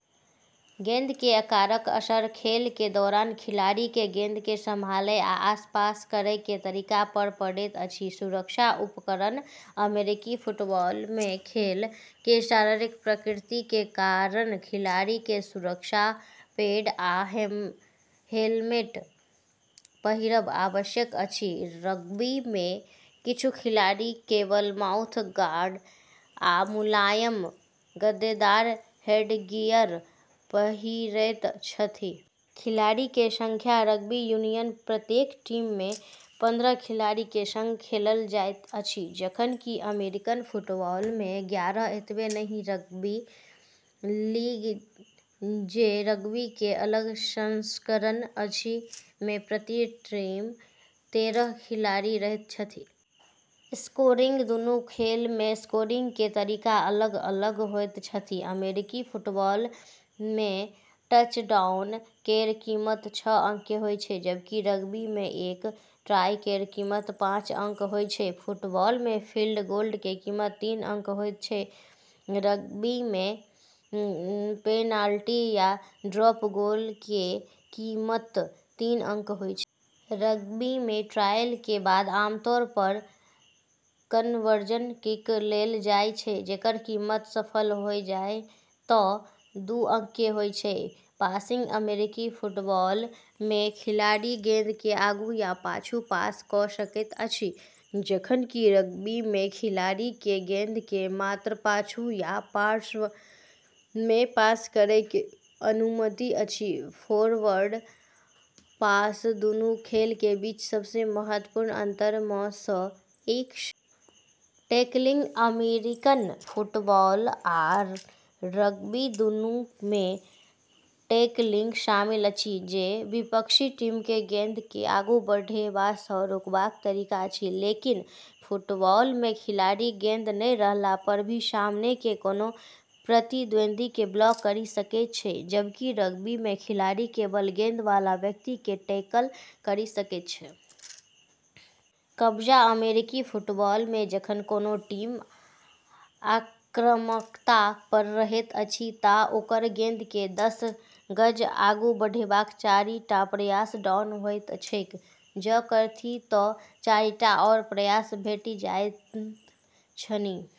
गेंद के आकारक असर खेल के दौरान खिलाड़ी के गेंद के संभालय आ पास करय के तरीका पर पड़ैत अछि। सुरक्षा उपकरण अमेरिकी फुटबॉल मे खेल के शारीरिक प्रकृति के कारण खिलाड़ी के सुरक्षा पैड आ हेलमेट पहिरब आवश्यक अछि रग्बी में किछु खिलाड़ी केवल माउथ गार्ड आ मुलायम गद्देदार हेडगियर पहिरैत छथि। खिलाड़ी के संख्या रग्बी यूनियन प्रत्येक टीम में पंद्रह खिलाड़ी के संग खेलल जाइत अछि जखन कि अमेरिकन फुटबॉल में ग्यारह। एतबे नहिं रग्बी लीग जे रग्बी के अलग संस्करण अछि में प्रति टीम तेरह खिलाड़ी रहैत छथि। स्कोरिंग दुनू खेल मे स्कोरिंग के तरीका अलग अलग होइत छथि अमेरिकी फुटबॉल में टचडाउन केरऽ कीमत छह अंक होय छै जबकि रग्बी में एक ट्राय केरऽ कीमत पाँच अंक होय छै। फुटबॉल में फील्ड गोल के कीमत तीन अंक होइत छैक रग्बी में पेनाल्टी या ड्रॉप गोल के कीमत तीन अंक होय छै। रग्बी में ट्रायल के बाद आमतौर पर कन्वर्जन किक लेलऽ जाय छै जेकरऽ कीमत सफल होय जाय तऽ दू अंक के होय छै। पासिंग अमेरिकी फुटबॉल में खिलाड़ी गेंद के आगू या पाछू पास क सकैत अछि जखन कि रग्बी में खिलाड़ी के गेंद के मात्र पाछू या पार्श्व में पास करय के अनुमति अछि फोरवर्ड पास दूनू खेलऽ के बीच सबसें महत्वपूर्ण अंतर मऽ सऽ एक छै। टैकलिंग अमेरिकन फुटबॉल आ रग्बी दुनू मे टैकलिंग शामिल अछि जे विपक्षी टीम के गेंद के आगू बढ़ेबा स रोकबाक तरीका अछि। लेकिन फुटबॉल में खिलाड़ी गेंद नै रहला पर भी सामने के कोनो प्रतिद्वंदी के ब्लॉक करी सकै छै जबकि रग्बी में खिलाड़ी केवल गेंद वाला व्यक्ति के टैकल करी सकै छै। कब्जा अमेरिकी फुटबॉल में जखन कोनो टीम आक्रामकता पर रहैत अछि त ओकरा गेंद के दस गज आगू बढ़ेबाक चारि टा प्रयास डाउन होइत छैक जँ करथि तँ चारिटा आओर प्रयास भेटि जाइत छनि।